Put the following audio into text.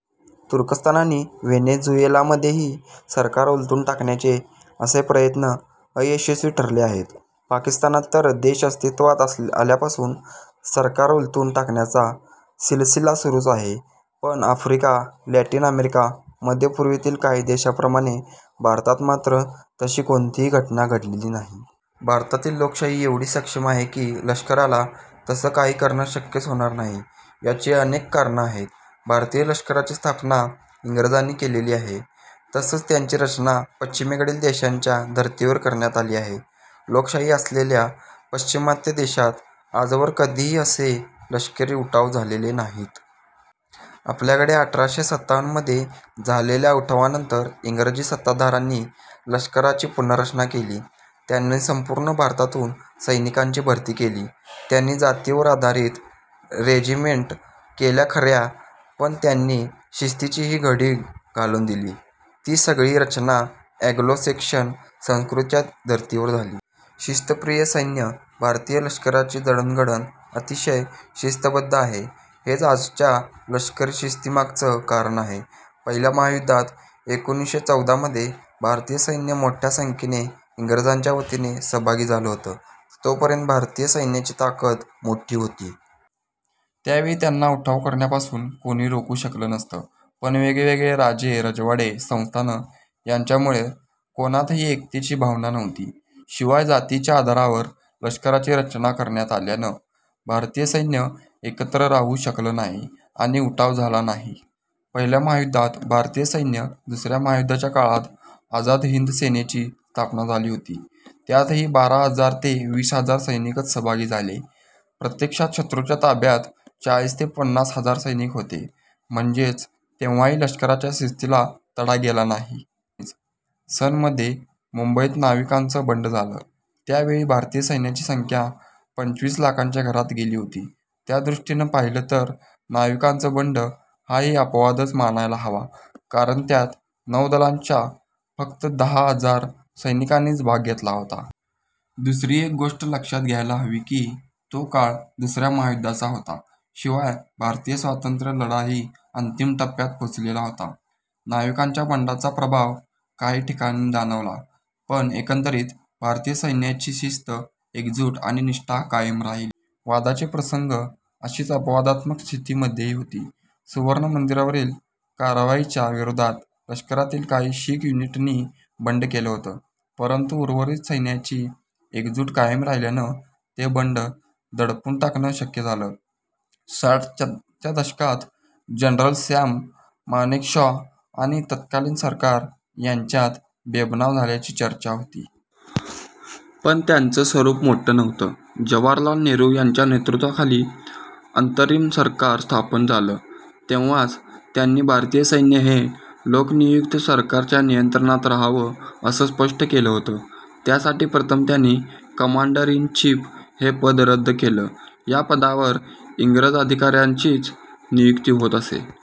तुर्कस्तान आणि व्हेनेझुएलामध्येही सरकार उलथून टाकण्याचे असे प्रयत्न अयशस्वी ठरले आहेत. पाकिस्तानात तर देश अस्तित्वात आल्यापासून सरकारं उलथून टाकण्याचा सिलसिला सुरूच आहे. पण आफ्रिका, लॅटिन अमेरिका, मध्य पूर्वेतील काही देशांप्रमाणे भारतात मात्र तशी कोणतीही घटना घडलेली नाही. भारतातील लोकशाही एवढी सक्षम आहे की लष्कराला तसं काही करणं शक्यच होणार नाही. याची अनेक कारणं आहेत. भारतीय लष्कराची स्थापना इंग्रजांनी केलेली आहे. तसंच त्याची रचना पश्चिमेकडील देशांच्या धर्तीवर करण्यात आली आहे. लोकशाही असलेल्या पाश्चिमात्य देशांत आजवर कधीही असे लष्करी उठाव झालेले नाहीत. आपल्याकडे अठराशे सत्तावन्नमध्ये झालेल्या उठावानंतर इंग्रजी सत्ताधाऱ्यांनी लष्कराची पुनर्रचना केली. त्यांनी संपूर्ण भारतातून सैनिकांची भरती केली. त्यांनी जातींवर आधारित रेजिमेंट केल्या खऱ्या, पण त्यांनी शिस्तीचीही घडी घालून दिली. ती सगळी रचना अँग्लो सेक्शन संस्कृतीच्या धर्तीवर होती. शिस्तप्रिय सैन्य भारतीय लष्कराची जडणघडण अतिशय शिस्तबद्ध आहे. हेच आजच्या लष्करी शिस्तीमागचं कारण आहे. पहिल्या महायुद्धात, एकोणीसशे चौदामध्ये भारतीय सैन्य मोठ्या संख्येनं इंग्रजांच्या वतीने सहभागी झालं होतं. तोपर्यंत भारतीय सैन्याची ताकद मोठी होती. त्यावेळी त्यांना उठाव करण्यापासून कोणी रोखू शकलं नसतं. पण वेगवेगळे राजे रजवाडे, संस्थानं यांच्यामुळे कोणातही एकतेची भावना नव्हती. शिवाय जातीच्या आधारावर लष्कराची रचना करण्यात आल्यानं भारतीय सैन्य एकत्र राहू शकल नाही आणि उठाव झाला नाही. पहिल्या महायुद्धात भारतीय सैन्य दुसऱ्या महायुद्धाच्या काळात आझाद हिंद सेनेची स्थापना झाली होती. त्यातही बारा हजार ते वीस हजार सैनिकच सहभागी झाले. प्रत्यक्षात शत्रूच्या ताब्यात चाळीस ते पन्नास हजार सैनिक होते. म्हणजेच तेव्हाही लष्कराच्या शिस्तीला तडा गेला नाही. सन मध्ये मुंबईत नाविकांचं बंड झालं. त्यावेळी भारतीय सैन्याची संख्या पंचवीस लाखांच्या घरात गेली होती. त्यादृष्टीनं पाहिलं तर, नाविकांचं बंड हाही अपवादच मानायला हवा. कारण त्यात नौदलाच्या फक्त दहा हजार सैनिकांनीच भाग घेतला होता. दुसरीही एक गोष्ट लक्षात घ्यायला हवी की, तो काळ दुसऱ्या महायुद्धाचा होता. शिवाय, भारतीय स्वातंत्र्य लढाही अंतिम टप्प्यात पोहोचलेला होता. नाविकांच्या बंडाचा प्रभाव काही ठिकाणी जाणवला, पण एकंदरीत भारतीय सैन्याची शिस्त, एकजूट आणि निष्ठा कायम राहिली. वादाचे प्रसंग अशीच अपवादात्मक स्थिती मध्येही होती. सुवर्ण मंदिरावरील कारवाईच्या विरोधात लष्करातील काही शीख युनिटनी बंड केलं होतं. परंतु, उर्वरित सैन्याची एकजूट कायम राहिल्यानं ते बंड दडपून टाकणं शक्य झालं. साठच्या दशकात जनरल सॅम माणेकशॉ आणि तत्कालीन सरकार यांच्यात बेबनाव झाल्याची चर्चा होती. पण त्याचं स्वरूप मोठं नव्हतं. जवाहरलाल नेहरू यांच्या नेतृत्वाखाली अंतरिम सरकार स्थापन झालं तेव्हाच, त्यांनी भारतीय सैन्य हे लोकनियुक्त सरकारच्या नियंत्रणात रहावं, असं स्पष्ट केलं होतं. त्यासाठी प्रथम त्यांनी कमांडर इन चीफ हे पद रद्द केलं. या पदावर इंग्रज अधिकाऱ्याचीच नियुक्ती होत असे.